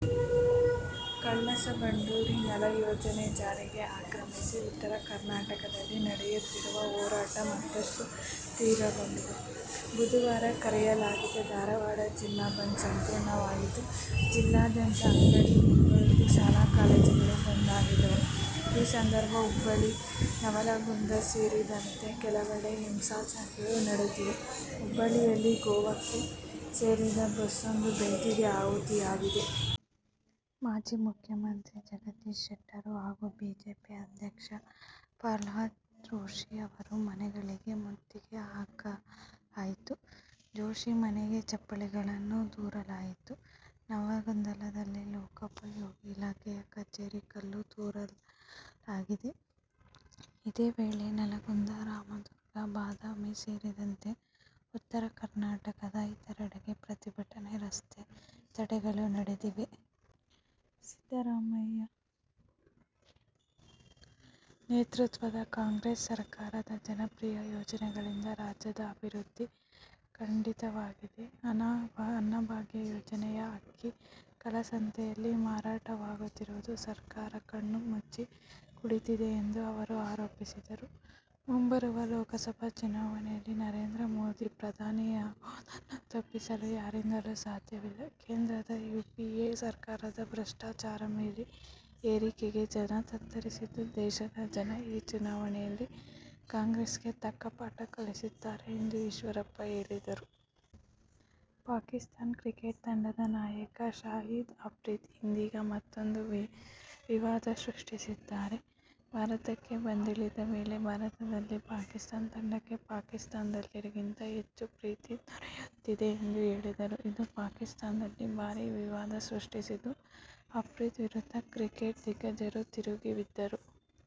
ಕಳಸಾ-ಬಂಡೂರಿ ನಾಲಾ ಯೋಜನೆ ಜಾರಿಗೆ ಆಗ್ರಹಿಸಿ ಉತ್ತರ ಕರ್ನಾಟಕದಲ್ಲಿ ನಡೆಯುತ್ತಿರುವ ಹೋರಾಟ ಮತ್ತಷ್ಟು ತೀವ್ರಗೊಂಡಿದೆ. ಬುಧವಾರ ಕರೆಯಲಾಗಿದ್ದ ಧಾರವಾಡ ಜಿಲ್ಲಾ ಬಂದ್ ಸಂಪೂರ್ಣವಾಗಿತ್ತು. ಜಿಲ್ಲಾದ್ಯಂತ ಅಂಗಡಿ-ಮುಂಗಟ್ಟು, ಶಾಲಾ-ಕಾಲೇಜುಗಳು ಬಂದ್ ಆಗಿದ್ದವು. ಈ ಸಂದರ್ಭ ಹುಬ್ಬಳ್ಳಿ, ನವಲಗುಂದ ಸೇರಿದಂತೆ ಕೆಲವೆಡೆ ಹಿಂಸಾಚಾರಗಳು ನಡೆದಿವೆ. ಹುಬ್ಬಳ್ಳಿಯಲ್ಲಿ ಗೋವಾಕ್ಕೆ ಸೇರಿದ ಬಸ್ಸೊಂದು ಬೆಂಕಿಗೆ ಆಹುತಿಯಾಗಿದೆ. ಮಾಜಿ ಮುಖ್ಯಮಂತ್ರಿ ಜಗದೀಶ ಶೆಟ್ಟರ್ ಹಾಗೂ ಬಿಜೆಪಿ ರಾಜ್ಯಾಧ್ಯಕ್ಷ ಪ್ರಹ್ಲಾದ್ ಜೋಶಿ ಅವರ ಮನೆಗಳಿಗೆ ಮುತ್ತಿಗೆ ಹಾಕಲಾಗಿದ್ದು, ಜೋಶಿ ಮನೆಗೆ ಚಪ್ಪಲಿಗಳನ್ನು ತೂರಲಾಯಿತು. ನವಲಗುಂದದಲ್ಲಿ ಲೋಕೋಪಯೋಗಿ ಇಲಾಖೆಯ ಕಚೇರಿಗೆ ಕಲ್ಲು ತೂರಲಾಗಿದೆ. ಇದೇ ವೇಳೆ, ನರಗುಂದ, ರಾಮದುರ್ಗ, ಬಾದಾಮಿ ಸೇರಿದಂತೆ ಉತ್ತರ ಕರ್ನಾಟಕದ ಇತರೆಡೆಯೂ ಪ್ರತಿಭಟನೆ, ರಸ್ತೆ ತಡೆಗಳು ನಡೆದಿವೆ. ಸಿದ್ದರಾಮಯ್ಯ ನೇತೃತ್ವದ ಕಾಂಗ್ರೆಸ್ ಸರಕಾರದ ಜನಪ್ರಿಯ ಯೋಜನೆಗಳಿಂದ ರಾಜ್ಯದ ಅಭಿವೃದ್ಧಿ ಕುಂಠಿತವಾಗಿದೆ. ಅನ್ನಭಾಗ್ಯ ಯೋಜನೆಯ ಅಕ್ಕಿ ಕಾಳಸಂತೆಯಲ್ಲಿ ಮಾರಾಟವಾಗುತ್ತಿದ್ದರೂ ಸರಕಾರ ಕಣ್ಣು ಮುಚ್ಚಿ ಕುಳಿತಿದೆ ಎಂದು ಅವರು ಆರೋಪಿಸಿದರು. ಮುಂಬರುವ ಲೋಕಸಭೆ ಚುನಾವಣೆಯಲ್ಲಿ ನರೇಂದ್ರ ಮೋದಿ ಪ್ರಧಾನಿಯಾಗುವುದನ್ನು ತಪ್ಪಿಸಲು ಯಾರಿಂದಲೂ ಸಾಧ್ಯವಿಲ್ಲ. ಕೇಂದ್ರದ ಯುಪಿಎ ಸರಕಾರದ ಭ್ರಷ್ಟಾಚಾರ, ಬೆಲೆ ಏರಿಕೆಗೆ ಜನ ತತ್ತರಿಸಿದ್ದು, ದೇಶದ ಜನ ಈ ಚುನಾವಣೆಯಲ್ಲಿ ಕಾಂಗ್ರೆಸ್ಗೆ ತಕ್ಕ ಪಾಠ ಕಲಿಸುತ್ತಾರೆ ಎಂದು ಈಶ್ವರಪ್ಪ ಹೇಳಿದರು. ಪಾಕಿಸ್ತಾನ ಕ್ರಿಕೆಟ್ ತಂಡದ ನಾಯಕ ಶಾಹಿದ್ ಅಫ್ರಿದಿ ಇದೀಗ ಮತ್ತೂಂದು ವಿವಾದ ಸೃಷ್ಟಿಸಿದ್ದಾರೆ. ಭಾರತಕ್ಕೆ ಬಂದಿಳಿದ ವೇಳೆ ಭಾರತದಲ್ಲಿ ಪಾಕಿಸ್ತಾನ ತಂಡಕ್ಕೆ ಪಾಕಿಸ್ತಾನದಲ್ಲಿಗಿಂತ ಹೆಚ್ಚು ಪ್ರೀತಿ ದೊರೆಯುತ್ತಿದೆ ಎಂದು ಹೇಳಿದ್ದರು. ಇದು ಪಾಕಿಸ್ತಾನದಲ್ಲಿ ಭಾರೀ ವಿವಾದ ಸೃಷ್ಟಿಸಿತ್ತು. ಅಫ್ರಿದಿ ವಿರುದ್ಧ ಕ್ರಿಕೆಟ್ ದಿಗ್ಗಜರು ತಿರುಗಿಬಿದ್ದಿದ್ದರು.